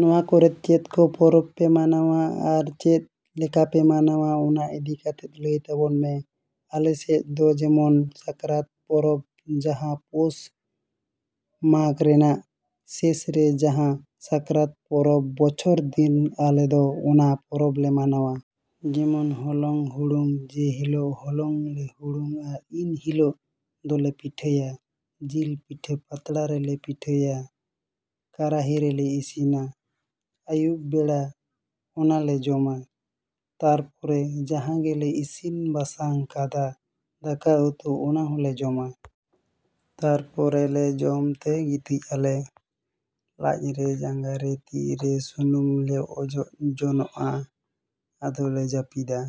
‎ᱱᱚᱣᱟ ᱠᱚᱨᱮᱫ ᱪᱮᱫ ᱠᱚ ᱯᱚᱨᱚᱵᱽ ᱯᱮ ᱢᱟᱱᱟᱣᱟ ᱟᱨ ᱪᱮᱫ ᱞᱮᱠᱟᱯᱮ ᱢᱟᱱᱟᱣᱟ ᱚᱱᱟ ᱤᱫᱤ ᱠᱟᱛᱮᱫ ᱞᱟᱹᱭ ᱛᱟᱵᱚᱱ ᱢᱮ᱾ ᱟᱞᱮ ᱥᱮᱫ ᱫᱚ ᱡᱮᱢᱚᱱ ᱥᱟᱠᱨᱟᱛ ᱯᱚᱨᱚᱵᱽ ᱡᱟᱦᱟᱸ ᱯᱚᱥ ᱢᱟᱜᱽ ᱨᱮᱱᱟᱜ ᱥᱮᱥᱨᱮ ᱡᱟᱦᱟᱸ ᱥᱟᱠᱨᱟᱛ ᱯᱚᱨᱚᱵᱽ ᱵᱚᱪᱷᱚᱨ ᱫᱤᱱ ᱟᱞᱮ ᱫᱚ ᱚᱱᱟ ᱯᱚᱨᱚᱵᱽ ᱞᱮ ᱢᱟᱱᱟᱣᱟ᱾ ᱡᱮᱢᱚᱱ ᱦᱚᱞᱚᱝ ᱦᱩᱲᱩᱝ ᱡᱮ ᱦᱤᱞᱚᱜ ᱦᱚᱞᱚᱝ ᱞᱮ ᱦᱩᱲᱩᱝ ᱟ ᱤᱱ ᱦᱤᱞᱚᱜ ᱫᱚᱞᱮ ᱯᱤᱴᱷᱟᱹᱭᱟ᱾ ᱡᱤᱞ ᱯᱤᱴᱷᱟᱹ ᱯᱟᱛᱲᱟ ᱨᱮᱞᱮ ᱯᱤᱴᱷᱟᱹᱭᱟ, ᱠᱟᱨᱟᱦᱤᱨᱮᱞᱮ ᱤᱥᱤᱱᱟ᱾ ᱟᱹᱭᱩᱵ ᱵᱮᱲᱟ ᱚᱱᱟᱞᱮ ᱡᱚᱢᱟ᱾ ᱛᱟᱨᱯᱚᱨᱮ ᱡᱟᱦᱟᱸ ᱜᱮᱞᱮ ᱤᱥᱤᱱ ᱵᱟᱥᱟᱝ ᱠᱟᱫᱟ ᱫᱟᱠᱟ ᱩᱛᱩ ᱚᱱᱟ ᱦᱚᱸᱞᱮ ᱡᱚᱢᱟ᱾ ᱛᱟᱨᱯᱚᱨᱮᱞᱮ ᱡᱚᱢ ᱛᱮ ᱜᱤᱛᱤᱡᱼᱟᱞᱮ᱾ ᱞᱟᱡᱨᱮ, ᱡᱟᱸᱜᱟᱨᱮ, ᱛᱤ ᱨᱮ ᱥᱩᱱᱩᱢᱞᱮ ᱚᱡᱚᱜ ᱡᱚᱱᱟᱜᱼᱟ ᱟᱫᱚᱞᱮ ᱡᱟᱹᱯᱤᱫᱟ᱾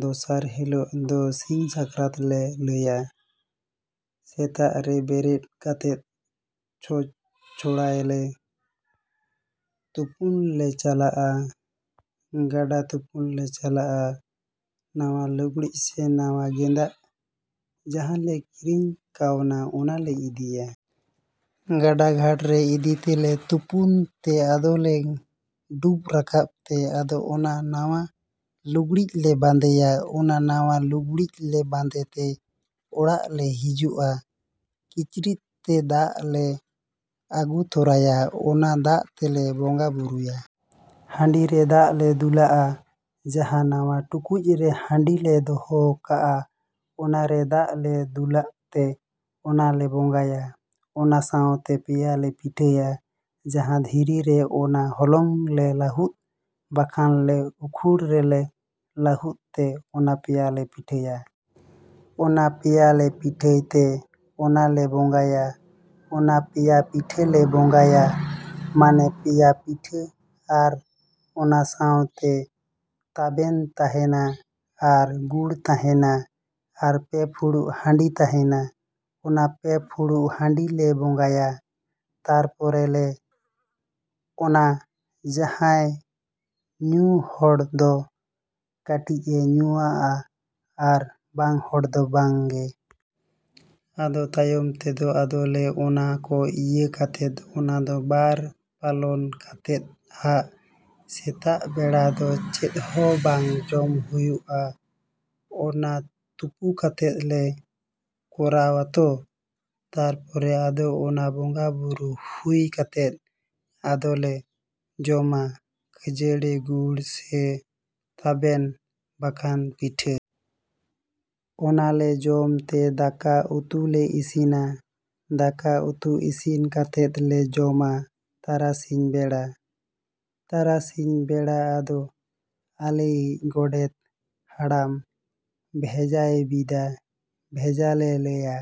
ᱫᱚᱥᱟᱨ ᱦᱤᱞᱚᱜ ᱫᱚ ᱥᱤᱧ ᱥᱟᱠᱨᱟᱛ ᱞᱮ ᱞᱟᱹᱭᱟ᱾ ᱥᱮᱛᱟᱜ ᱨᱮ ᱵᱮᱨᱮᱫ ᱠᱟᱛᱮᱫ ᱪᱷᱚᱸᱪ ᱪᱷᱚᱲᱟᱭᱟᱞᱮ, ᱛᱩᱯᱩᱞᱮ ᱪᱟᱞᱟᱜᱼᱟ᱾ ᱜᱟᱰᱟ ᱛᱩᱯᱩᱞᱮ ᱪᱟᱞᱟᱜᱼᱟ᱾ ᱱᱟᱣᱟ ᱞᱩᱜᱽᱲᱤᱡ ᱥᱮ ᱱᱟᱣᱟ ᱜᱮᱸᱫᱟᱜ ᱡᱟᱦᱟᱸ ᱞᱮ ᱠᱤᱨᱤᱧ ᱠᱟᱣᱱᱟ ᱚᱱᱟᱞᱮ ᱤᱫᱤᱭᱟ᱾ ᱜᱟᱰᱟ ᱜᱷᱟᱴᱨᱮ ᱤᱫᱤ ᱛᱮᱞᱮ ᱛᱩᱯᱩᱱ ᱛᱮ ᱟᱫᱚᱞᱮ ᱰᱩᱵᱽ ᱨᱟᱠᱟᱵ ᱛᱮ ᱟᱫᱚ ᱚᱱᱟ ᱱᱟᱣᱟ ᱞᱩᱜᱽᱲᱤᱡᱞᱮ ᱵᱟᱸᱫᱮᱭᱟ᱾ ᱚᱱᱟ ᱱᱟᱣᱟ ᱞᱩᱜᱽᱲᱤᱡ ᱞᱮ ᱵᱟᱸᱫᱮ ᱛᱮ ᱚᱲᱟᱜ ᱞᱮ ᱦᱤᱡᱩᱜᱼᱟ᱾ ᱠᱤᱪᱨᱤᱫ ᱛᱮ ᱫᱟᱜ ᱞᱮ ᱟᱹᱜᱩ ᱛᱚᱨᱟᱭᱟ᱾ ᱚᱱᱟ ᱫᱟᱜ ᱛᱮᱞᱮ ᱵᱚᱸᱜᱟᱼᱵᱩᱨᱩᱭᱟ᱾ ᱦᱟᱺᱰᱤ ᱨᱮ ᱫᱟᱜ ᱞᱮ ᱫᱩᱞᱟᱜᱼᱟ ᱡᱟᱦᱟᱸ ᱱᱟᱣᱟ ᱴᱩᱠᱩᱡ ᱨᱮ ᱦᱟᱺᱰᱤ ᱞᱮ ᱫᱚᱦᱚ ᱠᱟᱜᱼᱟ ᱚᱱᱟᱨᱮ ᱫᱟᱜ ᱞᱮ ᱫᱩᱞᱟᱜ ᱛᱮ ᱚᱱᱟᱞᱮ ᱵᱚᱸᱜᱟᱭᱟ᱾ ᱚᱱᱟ ᱥᱟᱶᱛᱮ ᱯᱮᱭᱟᱞᱮ ᱯᱤᱴᱷᱟᱹᱭᱟ ᱡᱟᱦᱟᱸ ᱫᱷᱤᱨᱤ ᱨᱮ ᱚᱱᱟ ᱦᱚᱞᱚᱝ ᱞᱮ ᱞᱟᱹᱦᱩᱫᱟ ᱵᱟᱠᱷᱟᱱ ᱞᱮ ᱩᱠᱷᱩᱲ ᱨᱮᱞᱮ ᱞᱟᱹᱦᱩᱫ ᱛᱮ ᱚᱱᱟ ᱯᱮᱭᱟᱞᱮ ᱯᱤᱴᱷᱟᱹᱭᱟ᱾ ᱚᱱᱟ ᱯᱮᱭᱟᱞᱮ ᱯᱤᱴᱷᱟᱹᱭᱛᱮ ᱚᱱᱟᱞᱮ ᱵᱚᱸᱜᱟᱭᱟ᱾ ᱚᱱᱟ ᱯᱮᱭᱟ ᱯᱤᱴᱷᱟᱹᱞᱮ ᱵᱚᱸᱜᱟᱭᱟ ᱢᱟᱱᱮ ᱯᱮᱭᱟ ᱯᱤᱴᱷᱟᱹ ᱟᱨ ᱚᱱᱟ ᱥᱟᱶᱛᱮ ᱛᱟᱵᱮᱱ ᱛᱟᱦᱮᱱᱟ ᱟᱨ ᱜᱩᱲ ᱛᱟᱦᱮᱱᱟ ᱟᱨ ᱯᱮ ᱯᱷᱩᱲᱩᱜ ᱦᱟᱺᱰᱤ ᱛᱟᱦᱮᱱᱟ᱾ ᱚᱱᱟ ᱯᱮ ᱯᱷᱩᱲᱩᱜ ᱦᱟᱺᱰᱤᱞᱮ ᱵᱚᱸᱜᱟᱭᱟ᱾ ᱛᱟᱨᱯᱚᱨᱮ ᱞᱮ ᱚᱱᱟ ᱡᱟᱦᱟᱸᱭ ᱧᱩ ᱦᱚᱲ ᱫᱚ ᱠᱟᱹᱴᱤᱡᱼᱮ ᱧᱩᱣᱟᱜᱼᱟ ᱟᱨ ᱵᱟᱝ ᱦᱚᱲ ᱫᱚ ᱵᱟᱝ ᱜᱮ᱾ ᱟᱫᱚ ᱛᱟᱭᱚᱢ ᱛᱮᱫᱚ ᱟᱫᱚᱞᱮ ᱚᱱᱟ ᱠᱚ ᱤᱭᱟᱹ ᱠᱟᱛᱮᱫ ᱚᱱᱟ ᱫᱚ ᱵᱟᱨ ᱯᱟᱞᱚᱱ ᱠᱟᱛᱮᱫ ᱦᱟᱸᱜ ᱥᱮᱛᱟᱜ ᱵᱮᱲᱟ ᱫᱚ ᱪᱮᱫ ᱦᱚᱸ ᱵᱟᱝ ᱡᱚᱢ ᱦᱩᱭᱩᱜᱼᱟ ᱚᱱᱟ ᱛᱩᱯᱩ ᱠᱟᱛᱮᱫ ᱞᱮ ᱠᱚᱨᱟᱣ ᱟᱛᱚ ᱛᱟᱨᱯᱚᱨᱮ ᱟᱫᱚ ᱚᱱᱟ ᱵᱚᱸᱜᱟᱼᱵᱩᱨᱩ ᱦᱩᱭ ᱠᱟᱛᱮᱫ ᱟᱫᱚᱞᱮ ᱡᱚᱢᱟ ᱠᱷᱟᱹᱡᱟᱲᱤ ᱜᱩᱲ ᱥᱮ ᱛᱟᱵᱮᱱ ᱵᱟᱠᱷᱟᱱ ᱯᱤᱴᱷᱟᱹ᱾ ᱚᱱᱟᱞᱮ ᱡᱚᱢ ᱛᱮ ᱫᱟᱠᱟ ᱩᱛᱩᱞᱮ ᱤᱥᱤᱱᱟ᱾ ᱫᱟᱠᱟ ᱩᱛᱩ ᱤᱥᱤᱱ ᱠᱟᱛᱮᱫ ᱞᱮ ᱡᱚᱢᱟ ᱛᱟᱨᱟᱥᱤᱧ ᱵᱮᱲᱟ᱾ ᱛᱟᱨᱟᱥᱤᱧ ᱵᱮᱲᱟ ᱟᱫᱚ ᱟᱞᱮᱭᱤᱡ ᱜᱳᱰᱮᱛ ᱦᱟᱲᱟᱢ ᱵᱷᱮᱡᱟᱭ ᱵᱤᱫᱟ ᱵᱷᱮᱡᱟ ᱞᱮ ᱞᱟᱹᱭᱟ᱾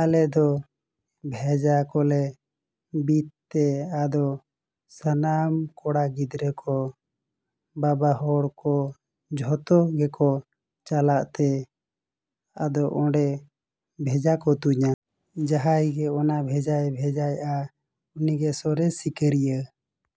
ᱟᱞᱮ ᱫᱚ ᱵᱷᱮᱡᱟ ᱠᱚᱞᱮ ᱵᱤᱫ ᱛᱮ ᱟᱫᱚ ᱥᱟᱱᱟᱢ ᱠᱚᱲᱟ ᱜᱤᱫᱽᱨᱟᱹ ᱠᱚ, ᱵᱟᱵᱟ ᱦᱚᱲ ᱠᱚ ᱡᱷᱚᱛᱚ ᱜᱮᱠᱚ ᱪᱟᱞᱟᱜ ᱛᱮ ᱟᱫᱚ ᱚᱸᱰᱮ ᱵᱷᱮᱡᱟ ᱠᱚ ᱛᱩᱧᱟ᱾ ᱡᱟᱦᱟᱸᱭ ᱜᱮ ᱚᱱᱟ ᱵᱷᱮᱡᱟᱭ ᱵᱟᱡᱟᱣ ᱟ ᱩᱱᱤ ᱜᱮ ᱥᱚᱨᱮᱥ ᱥᱤᱠᱟ.ᱨᱤᱭᱟ.᱾